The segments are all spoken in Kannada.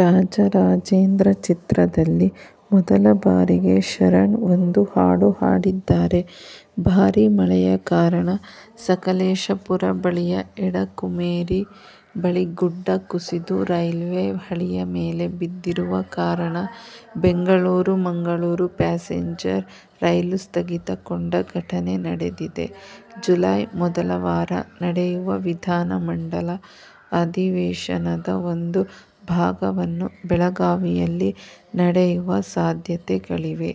ರಾಜ ರಾಜೇಂದ್ರ' ಚಿತ್ರದಲ್ಲಿ ಮೊದಲ ಬಾರಿಗೆ ಶರಣ್ ಒಂದು ಹಾಡು ಹಾಡಿದ್ದಾರೆ. ಭಾರೀ ಮಳೆಯ ಕಾರಣ ಸಕೆಲೇಶಪುರ ಬಳಿಯ ಎಡಕುಮೇರಿ ಬಳಿ ಗುಡ್ಡ ಕುಸಿದು ರೈಲ್ವೇ ಹಳಿಯ ಮೇಲೆ ಬಿದ್ದಿರುವ ಕಾರಣ ಬೆಂಗಳೂರು -ಮಂಗಳೂರು ಪ್ಯಾಸೆಂಜರ್ ರೈಲು ಸ್ಥಗಿತಗೊಂಡ ಘಟನೆ ನಡೆದಿದೆ. ಜುಲೈ ಮೊದಲ ವಾರ ನಡೆಯುವ ವಿಧಾನಮಂಡಲ ಅಧಿವೇಶನದ ಒಂದು ಭಾಗವನ್ನು ಬೆಳಗಾವಿಯಲ್ಲಿ ನಡೆಯುವ ಸಾಧ್ಯತೆಗಳಿವೆ.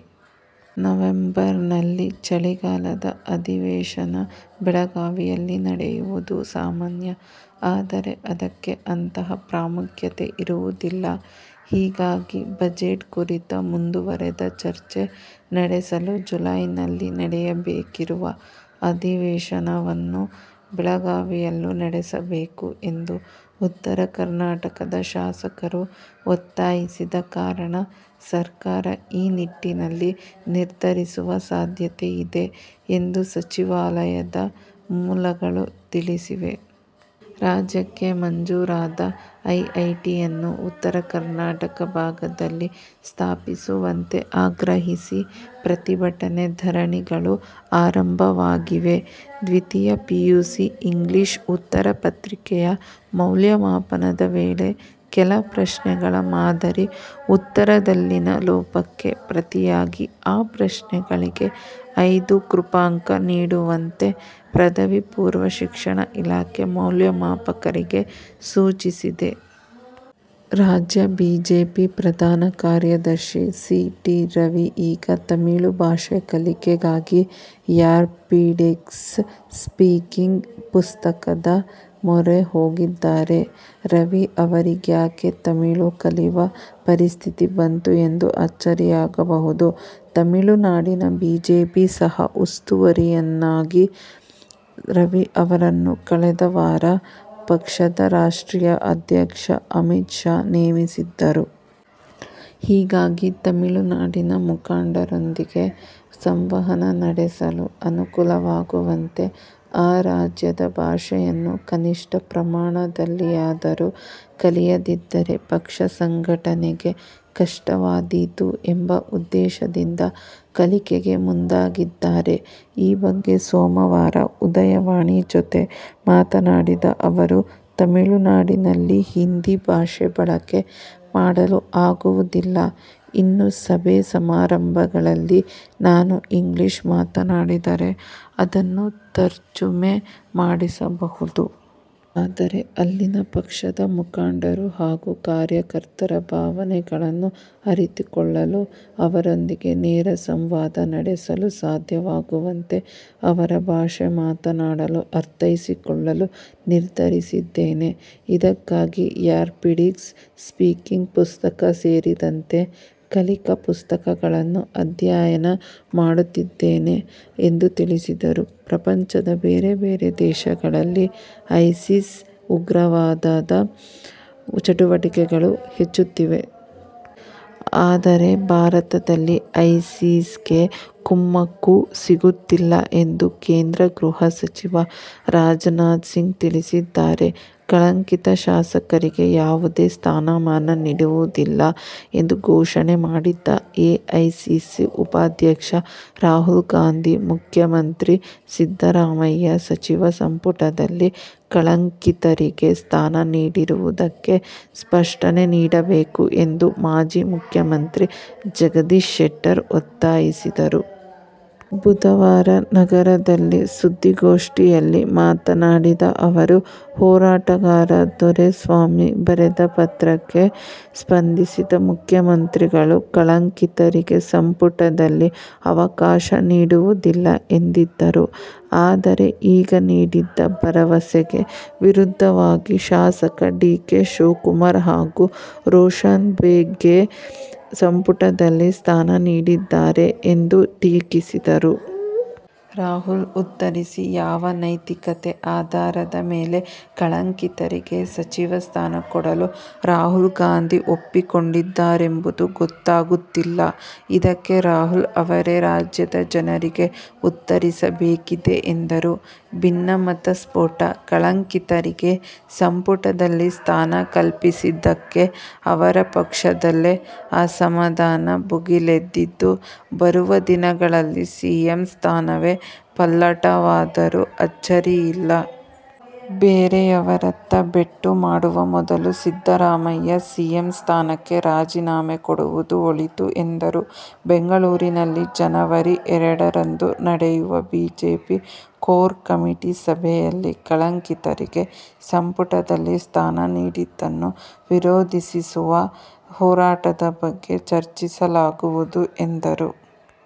ನವೆಂಬರ್ನಲ್ಲಿ ಚಳಿಗಾಲದ ಅಧಿವೇಶನ ಬೆಳಗಾವಿಯಲ್ಲಿ ನಡೆಯುವುದು ಸಾಮಾನ್ಯ. ಆದರೆ, ಅದಕ್ಕೆ ಅಂತಹ ಪ್ರಾಮುಖ್ಯತೆ ಇರುವುದಿಲ್ಲ. ಹೀಗಾಗಿ ಬಜೆಟ್ ಕುರಿತ ಮುಂದುವರೆದ ಚರ್ಚೆ ನಡೆಸಲು ಜುಲೈನಲ್ಲಿ ನಡೆಯಬೇಕಿರುವ ಅಧಿವೇಶನವನ್ನು ಬೆಳಗಾವಿಯಲ್ಲೂ ನಡೆಸಬೇಕು ಎಂದು ಉತ್ತರ ಕರ್ನಾಟಕದ ಶಾಸಕರು ಒತ್ತಾಯಿಸಿದ ಕಾರಣ ಸರ್ಕಾರ ಈ ನಿಟ್ಟಿನಲ್ಲಿ ನಿರ್ಧರಿಸುವ ಸಾಧ್ಯತೆಯಿದೆ ಎಂದು ಸಚಿವಾಲಯದ ಮೂಲಗಳು ತಿಳಿಸಿವೆ. ರಾಜ್ಯಕ್ಕೆ ಮಂಜೂರಾದ ಐಐಟಿಯನ್ನು ಉತ್ತರ ಕರ್ನಾಟಕ ಭಾಗದಲ್ಲಿ ಸ್ಥಾಪಿಸುವಂತೆ ಆಗ್ರಹಿಸಿ ಪ್ರತಿಭಟನೆ, ಧರಣಿಗಳು ಆರಂಭವಾಗಿವೆ. ದ್ವಿತೀಯ ಪಿಯುಸಿ ಇಂಗ್ಲೀಷ್ ಉತ್ತರ ಪತ್ರಿಕೆಯ ಮೌಲ್ಯಮಾಪನದ ವೇಳೆ ಕೆಲ ಪ್ರಶ್ನೆಗಳ ಮಾದರಿ ಉತ್ತರದಲ್ಲಿನ ಲೋಪಕ್ಕೆ ಪ್ರತಿಯಾಗಿ ಆ ಪ್ರಶ್ನೆಗಳಿಗೆ ಐದು ಕೃಪಾಂಕ ನೀಡುವಂತೆ ಪದವಿ ಪೂರ್ವ ಶಿಕ್ಷಣ ಇಲಾಖೆ ಮೌಲ್ಯಮಾಪಕರಿಗೆ ಸೂಚಿಸಿದೆ. ರಾಜ್ಯ ಬಿಜೆಪಿ ಪ್ರಧಾನ ಕಾರ್ಯದರ್ಶಿ ಸಿ. ಟಿ. ರವಿ ಈಗ ತಮಿಳು ಭಾಷೆ ಕಲಿಕೆಗಾಗಿ ರ್ಯಾಪಿಡೆಕ್ಸ್ ಸ್ಪೀಕಿಂಗ್ ಪುಸ್ತಕದ ಮೊರೆ ಹೋಗಿದ್ದಾರೆ. ರವಿ ಅವರಿಗ್ಯಾಕೆ ತಮಿಳು ಕಲಿವ ಪರಿಸ್ಥಿತಿ ಬಂತು ಎಂದು ಅಚ್ಚರಿಯಾಗಬಹುದು. ತಮಿಳುನಾಡಿನ ಬಿಜೆಪಿ ಸಹ ಉಸ್ತುವಾರಿಯನ್ನಾಗಿ ರವಿ ಅವರನ್ನು ಕಳೆದ ವಾರ ಪಕ್ಷದ ರಾಷ್ಟ್ರೀಯ ಅಧ್ಯಕ್ಷ ಅಮಿತ್ ಶಾ ನೇಮಿಸಿದ್ದರು. ಹೀಗಾಗಿ, ತಮಿಳುನಾಡಿನ ಮುಖಂಡರೊಂದಿಗೆ ಸಂವಹನ ನಡೆಸಲು ಅನುಕೂಲವಾಗುವಂತೆ ಆ ರಾಜ್ಯದ ಭಾಷೆಯನ್ನು ಕನಿಷ್ಠ ಪ್ರಮಾಣದಲ್ಲಿಯಾದರೂ ಕಲಿಯದಿದ್ದರೆ ಪಕ್ಷ ಸಂಘಟನೆಗೆ ಕಷ್ಟವಾದೀತು ಎಂಬ ಉದ್ದೇಶದಿಂದ ಕಲಿಕೆಗೆ ಮುಂದಾಗಿದ್ದಾರೆ. ಈ ಬಗ್ಗೆ ಸೋಮವಾರ ಉದಯವಾಣಿ' ಜತೆ ಮಾತನಾಡಿದ ಅವರು, ತಮಿಳುನಾಡಿನಲ್ಲಿ ಹಿಂದಿ ಭಾಷೆ ಬಳಕೆ ಮಾಡಲು ಆಗುವುದಿಲ್ಲ. ಇನ್ನು ಸಭೆ-ಸಮಾರಂಭಗಳಲ್ಲಿ ನಾನು ಇಂಗ್ಲಿಷ್ ಮಾತನಾಡಿದರೆ ಅದನ್ನು ತರ್ಜುಮೆ ಮಾಡಿಸಬಹುದು. ಆದರೆ, ಅಲ್ಲಿನ ಪಕ್ಷದ ಮುಖಂಡರು ಹಾಗೂ ಕಾರ್ಯಕರ್ತರ ಭಾವನೆಗಳನ್ನು ಅರಿತುಕೊಳ್ಳಲು ಅವರೊಂದಿಗೆ ನೇರ ಸಂವಾದ ನಡೆಸಲು ಸಾಧ್ಯವಾಗುವಂತೆ ಅವರ ಭಾಷೆ ಮಾತನಾಡಲು-ಅರ್ಥೈಸಿಕೊಳ್ಳಲು ನಿರ್ಧರಿಸಿದ್ದೇನೆ. ಇದಕ್ಕಾಗಿ ರ್ಯಾಪಿಡೆಕ್ಸ್ ಸ್ಪೀಕಿಂಗ್ ಪುಸ್ತಕ ಸೇರಿದಂತೆ ಕಲಿಕಾ ಪುಸ್ತಕಗಳನ್ನು ಅಧ್ಯಯನ ಮಾಡುತ್ತಿದ್ದೇನೆ ಎಂದು ತಿಳಿಸಿದರು. ಪ್ರಪಂಚದ ಬೇರೆ ಬೇರೆ ದೇಶಗಳಲ್ಲಿ ಐಸಿಸ್ ಉಗ್ರವಾದದ ಚಟುವಟಿಕೆಗಳು ಹೆಚ್ಚುತ್ತಿವೆ. ಆದರೆ, ಭಾರತದಲ್ಲಿ ಐಸಿಸ್ಗೆ ಕುಮ್ಮಕ್ಕು ಸಿಗುತ್ತಿಲ್ಲ ಎಂದು ಕೇಂದ್ರ ಗೃಹ ಸಚಿವ ರಾಜನಾಥ್ ಸಿಂಗ್ ತಿಳಿಸಿದ್ದಾರೆ. ಕಳಂಕಿತ ಶಾಸಕರಿಗೆ ಯಾವುದೇ ಸ್ಥಾನಮಾನ ನೀಡುವುದಿಲ್ಲ ಎಂದು ಘೋಷಣೆ ಮಾಡಿದ್ದ ಎಐಸಿಸಿ ಉಪಾಧ್ಯಕ್ಷ ರಾಹುಲ್ ಗಾಂಧಿ, ಮುಖ್ಯಮಂತ್ರಿ ಸಿದ್ದರಾಮಯ್ಯ ಸಚಿವ ಸಂಪುಟದಲ್ಲಿ ಕಳಂಕಿತರಿಗೆ ಸ್ಥಾನ ನೀಡಿರುವುದಕ್ಕೆ ಸ್ಪಷ್ಟನೆ ನೀಡಬೇಕು ಎಂದು ಮಾಜಿ ಮುಖ್ಯಮಂತ್ರಿ ಜಗದೀಶ ಶೆಟ್ಟರ್ ಒತ್ತಾಯಿಸಿದರು. ಬುಧವಾರ ನಗರದಲ್ಲಿ ಸುದ್ದಿಗೋಷ್ಠಿಯಲ್ಲಿ ಮಾತನಾಡಿದ ಅವರು, ಹೋರಾಟಗಾರ ದೊರೆಸ್ವಾಮಿ ಬರೆದ ಪತ್ರಕ್ಕೆ ಸ್ಪಂದಿಸಿದ ಮುಖ್ಯಮಂತ್ರಿಗಳು ಕಳಂಕಿತರಿಗೆ ಸಂಪುಟದಲ್ಲಿ ಅವಕಾಶ ನೀಡುವುದಿಲ್ಲ ಎಂದಿದ್ದರು. ಆದರೆ, ಈಗ ನೀಡಿದ್ದ ಭರವಸೆಗೆ ವಿರುದ್ಧವಾಗಿ ಶಾಸಕ ಡಿ. ಕೆ. ಶಿವಕುಮಾರ್ ಹಾಗೂ ರೋಷನ್ ಬೇಗ್ಗೆ ಸಂಪುಟದಲ್ಲಿ ಸ್ಥಾನ ನೀಡಿದ್ದಾರೆ ಎಂದು ಟೀಕಿಸಿದರು. ರಾಹುಲ್ ಉತ್ತರಿಸಿ: ಯಾವ ನೈತಿಕತೆ ಆಧಾರದ ಮೇಲೆ ಕಳಂಕಿತರಿಗೆ ಸಚಿವ ಸ್ಥಾನ ಕೊಡಲು ರಾಹುಲ್ ಗಾಂಧಿ ಒಪ್ಪಿಕೊಂಡಿದ್ದಾರೆಂಬುದು ಗೊತ್ತಾಗುತ್ತಿಲ್ಲ. ಇದಕ್ಕೆ ರಾಹುಲ್ ಅವರೇ ರಾಜ್ಯದ ಜನರಿಗೆ ಉತ್ತರಿಸಬೇಕಿದೆ ಎಂದರು. ಭಿನ್ನಮತ ಸ್ಫೋಟ: ಕಳಂಕಿತರಿಗೆ ಸಂಪುಟದಲ್ಲಿ ಸ್ಥಾನ ಕಲ್ಪಿಸಿದ್ದಕ್ಕೆ ಅವರ ಪಕ್ಷದಲ್ಲೇ ಅಸಮಾಧಾನ ಭುಗಿಲೆದ್ದಿದ್ದು, ಬರುವ ದಿನಗಳಲ್ಲಿ ಸಿಎಂ ಸ್ಥಾನವೇ ಪಲ್ಲಟವಾದರೂ ಅಚ್ಚರಿಯಿಲ್ಲ. ಬೇರೆಯವರತ್ತ ಬೆಟ್ಟು ಮಾಡುವ ಮೊದಲು ಸಿದ್ದರಾಮಯ್ಯ, ಸಿಎಂ ಸ್ಥಾನಕ್ಕೆ ರಾಜೀನಾಮೆ ಕೊಡುವುದು ಒಳಿತು ಎಂದರು. ಬೆಂಗಳೂರಿನಲ್ಲಿ ಜನವರಿ ಎರಡರಂದು ನಡೆಯುವ ಬಿಜೆಪಿ ಕೋರ್ ಕಮಿಟಿ ಸಭೆಯಲ್ಲಿ ಕಳಂಕಿತರಿಗೆ ಸಂಪುಟದಲ್ಲಿ ಸ್ಥಾನ ನೀಡಿದ್ದನ್ನು ವಿರೋಧಿಸಿಸುವ ಹೋರಾಟದ ಬಗ್ಗೆ ಚರ್ಚಿಸಲಾಗುವುದು ಎಂದರು.